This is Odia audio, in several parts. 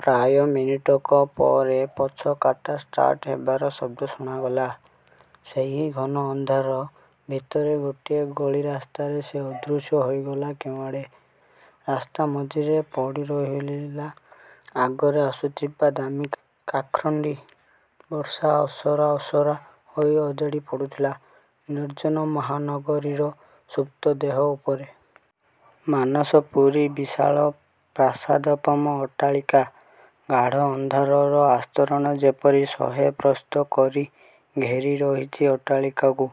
ପ୍ରାୟ ମିନିଟକ ପରେ ପଛ କାର୍ଟା ଷ୍ଟାର୍ଟ ହେବାର ଶବ୍ଦ ଶୁଣାଗଲା। ସେଇ ଘନ ଅନ୍ଧାର ଭିତରେ ଗୋଟିଏ ଗଳି ରାସ୍ତାରେ ସେ ଅଦୃଶ୍ୟ ହୋଇଗଲା କେଉଁଆଡ଼େ। ରାସ୍ତାମଝିରେ ପଡ଼ିରହିଲା ଆଗରେ ଆସୁଥିବା ଦାମୀକା କାର୍ଖଣ୍ଡି। ବର୍ଷା ଅସରା ଅସରା ହୋଇ ଅଜାଡ଼ି ପଡ଼ୁଥିଲା, ନିର୍ଜନ ମହାନଗରୀର ସୁପ୍ତ ଦେହ ଉପରେ। ମାନସପୁରୀ ବିଶାଳ ପ୍ରାସାଦୋପମ ଅଟ୍ଟାଳିକା। ଗାଢ଼ ଅନ୍ଧାରର ଆସ୍ତରଣ ଯେପରି ଶହେ ପ୍ରସ୍ତ କରି ଘେରି ରହିଛି ଅଟ୍ଟାଳିକାକୁ।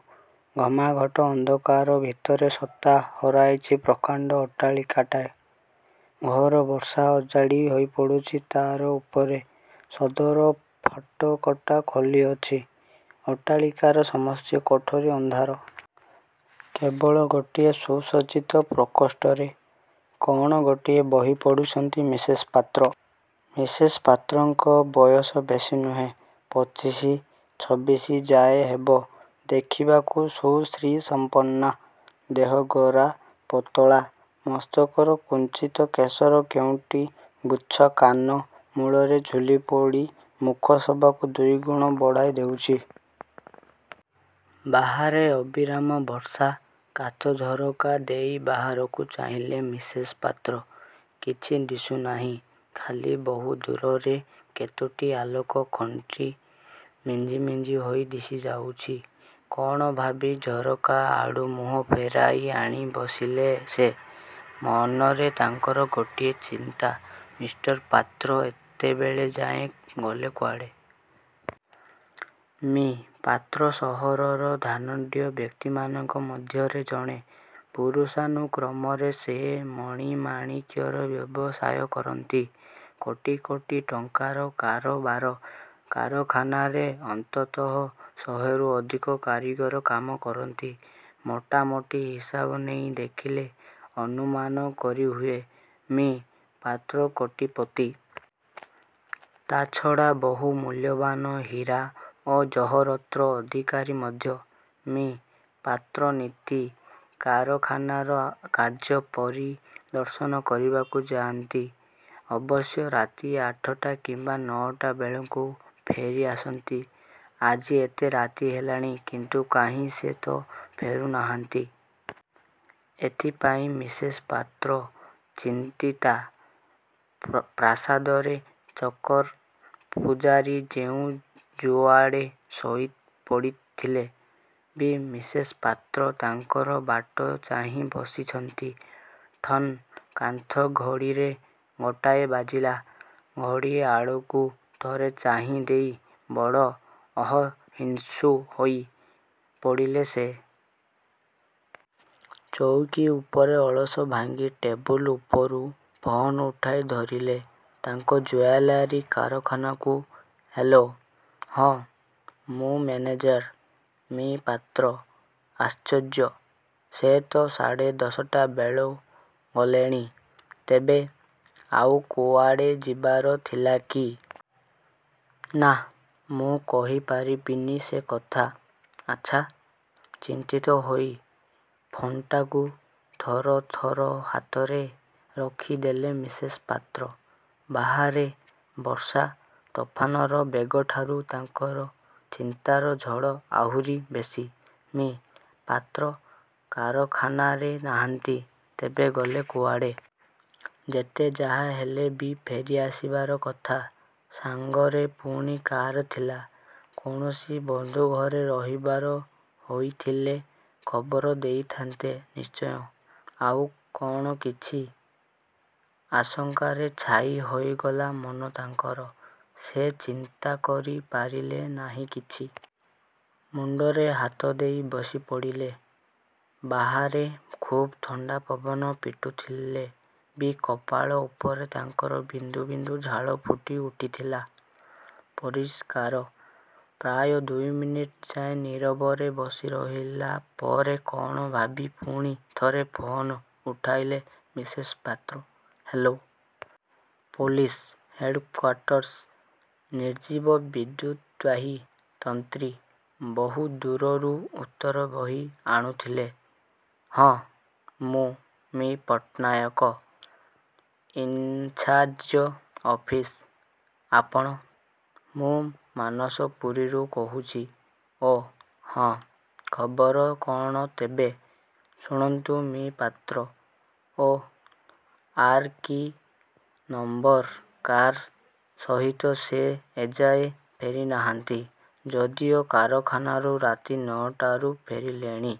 ଘମାଘୋଟ ଅନ୍ଧକାର ଭିତରେ ସତ୍ତା ହରାଇଛି ପ୍ରକାଣ୍ଡ ଅଟ୍ଟାଳିକାଟି। ଘୋର ବର୍ଷା ଅଜାଡ଼ି ହୋଇ ପଡ଼ୁଛି ତା'ର ଉପରେ। ସଦର ଫାଟକଟା ଖୋଲା ଅଛି-। ଅଟ୍ଟାଳିକାର ସମସ୍ତ କୋଠରୀ ଅନ୍ଧାର। କେବଳ ଗୋଟିଏ ସୁସଜ୍ଜିତ ପ୍ରକୋଷ୍ଠରେ କ'ଣ ଗୋଟିଏ ବହି ପଢ଼ୁଛନ୍ତି ମିସେସ୍ ପାତ୍ର। ମିସେସ୍ ପାତ୍ରଙ୍କ ବୟସ ବେଶୀ ନୁହେଁ। ପଚିଶି, ଛବିଶି ଯାଏ ହେବ। ଦେଖିବାକୁ ସୁ-ଶ୍ରୀସମ୍ପନ୍ନା। ଦେହ, ଗୋରା, ପାତଳା। ମସ୍ତକର କୁଞ୍ଚିତ କେଶର କେଇଟି ଗୁଚ୍ଛ କାନ ମୂଳରେ ଝୁଲିପଡ଼ି ମୁଖ ଶୋଭାକୁ ଦୁଇଗୁଣ ବଢ଼ାଇ ଦେଉଛି। ବାହାରେ ଅବିରାମ ବର୍ଷା। କାଚ ଝରକା ଦେଇ ବାହାରକୁ ଚାହିଁଲେ ମିସେସ୍ ପାତ୍ର। କିଛି ଦିଶୁନାହିଁ; ଖାଲି ବହୁଦୂରରେ କେତୋଟି ଆଲୋକ ଖୁଣ୍ଟି ମିଞ୍ଜି ମିଞ୍ଜି ହୋଇ ଦିଶି ଯାଉଛି। କ'ଣ ଭାବି ଝରକା ଆଡ଼ୁ ମୁହଁ ଫେରାଇ ଆଣି ବସିଲେ ସେ। ମନରେ ତାଙ୍କର ଗୋଟିଏ ଚିନ୍ତା-''ମିଷ୍ଟର ପାତ୍ର ଏତେବେଳ ଯାଏ ଗଲେ କୁଆଡ଼େ? '' ମି: ପାତ୍ର ସହରର ଧନାଢ଼୍ୟ ବ୍ୟକ୍ତିମାନଙ୍କ ମଧ୍ୟରେ ଜଣେ। ପୁରୁଷାନୁକ୍ରମରେ ସେ ମଣିମାଣିକ୍ୟର ବ୍ୟବସାୟ କରନ୍ତି। କୋଟି କୋଟି ଟଙ୍କାର କାରବାର। କାରଖାନାରେ ଅନ୍ତତଃ ଶହେରୁ ଅଧିକ କାରୀଗର କାମ କରନ୍ତି। ମୋଟା ମୋଟି ହିସାବ ନେଇ ଦେଖିଲେ ଅନୁମାନ କରିହୁଏ, ମି: ପାତ୍ର କୋଟିପତି। ତା'ଛଡ଼ା ବହୁ ମୂଲ୍ୟବାନ ହୀରା ଓ ଜହରତ୍ର ଅଧିକାରୀ ମଧ୍ୟ। ମି: ପାତ୍ର ନିତି କାରଖାନାର କାର୍ଯ୍ୟ ପରିଦର୍ଶନ କରିବାକୁ ଯାଆନ୍ତି। ଅବଶ୍ୟ ରାତି ଆଠଟା କିମ୍ବା ନଅଟା ବେଳକୁ ଫେରି ଆସନ୍ତି। ଆଜି ଏତେ ରାତି ହେଲାଣି, କିନ୍ତୁ କାହିଁ ସେ ତ ଫେରୁ ନାହାନ୍ତି? ଏଥିପାଇଁ ମିସେସ୍ ପାତ୍ର ଚିନ୍ତିତା। ପ୍ରାସାଦରେ ଚାକର ପୁଝାରୀ ଯେ ଯୁଆଡ଼େ ଶୋଇ ପଡ଼ିଥିଲେ ବି ମିସେସ୍ ପାତ୍ର ତାଙ୍କର ବାଟ ଚାହିଁ ବସିଛନ୍ତି। ''ଠନ୍ କାନ୍ଥ ଘଡ଼ିରେ ଗୋଟାଏ ବାଜିଲା। ଘଡ଼ି ଆଡ଼କୁ ଥରେ ଚାହିଁ ଦେଇ ବଡ଼ ଅସହିଷ୍ଣୁ ହୋଇ ପଡ଼ିଲେ ସେ। ଚୌକୀ ଉପରେ ଅଳସ ଭାଙ୍ଗି ଟେବୁଲ ଉପରୁ ଫୋନ୍ ଉଠାଇ ଧରିଲେ, ତାଙ୍କ ଜୁଏଲାରୀ କାରଖାନାକୁ-''ହ୍ୟାଲୋ! '''' ହଁ, ମୁଁ ମ୍ୟାନେଜର। '''' ମି: ପାତ୍ର! '' ''ଆଶ୍ଚର୍ଯ୍ୟ! ସେ ତ ସାଢ଼େ ଦଶଟା ବେଳୁ ଗଲେଣି। '' ''ତେବେ? ଆଉ କୁଆଡ଼େ ଯିବାର ଥିଲା କି? '' 'ନା, ମୁଁ। କହି ପାରିବିନି ସେକଥା। '' ''ଆଚ୍ଛା! '' ଚିନ୍ତିତ ହୋଇ ଫୋନ୍ଟାକୁ ଥର ଥର ହାତରେ ରଖି ଦେଲେ ମିସେସ୍ ପାତ୍ର। ବାହାରେ ବର୍ଷା ତୋଫାନର ବେଗଠାରୁ ତାଙ୍କ ଚିନ୍ତାର ଝଡ଼ ଆହୁରି ବେଶୀ। ''ମି: ପାତ୍ର କାରଖାନାରେ ନାହାନ୍ତି? ତେବେ ଗଲେ କୁଆଡ଼େ? ଯେତେ ଯାହା ହେଲେ ବି ଫେରି ଆସିବାର କଥା। ସାଙ୍ଗରେ ପୁଣି କାର୍ ଥିଲା! କୌଣସି ବନ୍ଧୁ ଘରେ ରହିବାର ହୋଇଥିଲେ ଖବର ଦେଇଥାନ୍ତେ ନିଶ୍ଚୟ। ଆଉ କ'ଣ କିଛି? ' ଆଶଙ୍କାରେ ଛାଇ ହୋଇଗଲା ମନ ତାଙ୍କର। ସେ ଚିନ୍ତା କରି ପାରିଲେ ନାହିଁ କିଛି। ମୁଣ୍ଡରେ ହାତ ଦେଇ ବସି ପଡ଼ିଲେ। ବାହାରେ ଖୁବ୍ ଥଣ୍ଡା ପବନ ପିଟୁଥିଲେ ବି କପାଳ ଉପରେ ତାଙ୍କର ବିନ୍ଦୁ ବିନ୍ଦୁ ଝାଳ ଫୁଟି ଉଠିଥିଲା ପରିଷ୍କାର। ପ୍ରାୟ ଦୁଇମିନିଟ୍ ଯାଏ ନୀରବରେ ବସି ରହିଲା ପରେ କ'ଣ ଭାବି ପୁଣି ଥରେ ଫୋନ ଉଠାଇଲେ Mrs Patra '' hello. Police headquarters '' ନିର୍ଜୀବ ବିଦ୍ୟୁତ୍ବାହୀ ତନ୍ତ୍ରୀ ବହୁଦୂରରୁ ଉତ୍ତର ବହି ଆଣୁଥିଲା। ''ହଁ, ମୁଁ, ମି: ପଟ୍ଟନାୟକ; ଇନ୍ଚାର୍ଯ ଅଫିସର। ଆପଣ? '' ''ମୁଁ ମାନସପୁରୀରୁ କହୁଛି '' ''ଓଃ, ହଁ, ଖବର କ'ଣ ତେବେ? '' ''ଶୁଣନ୍ତୁ ମି: Patra O: R: K: number car ସହିତ ସେ ଏଯାଏ ଫେରିନାହାନ୍ତି, ଯଦିଓ କାରଖାନାରୁ ରାତି ନଅଟାରୁ ଫେରିଲେଣି।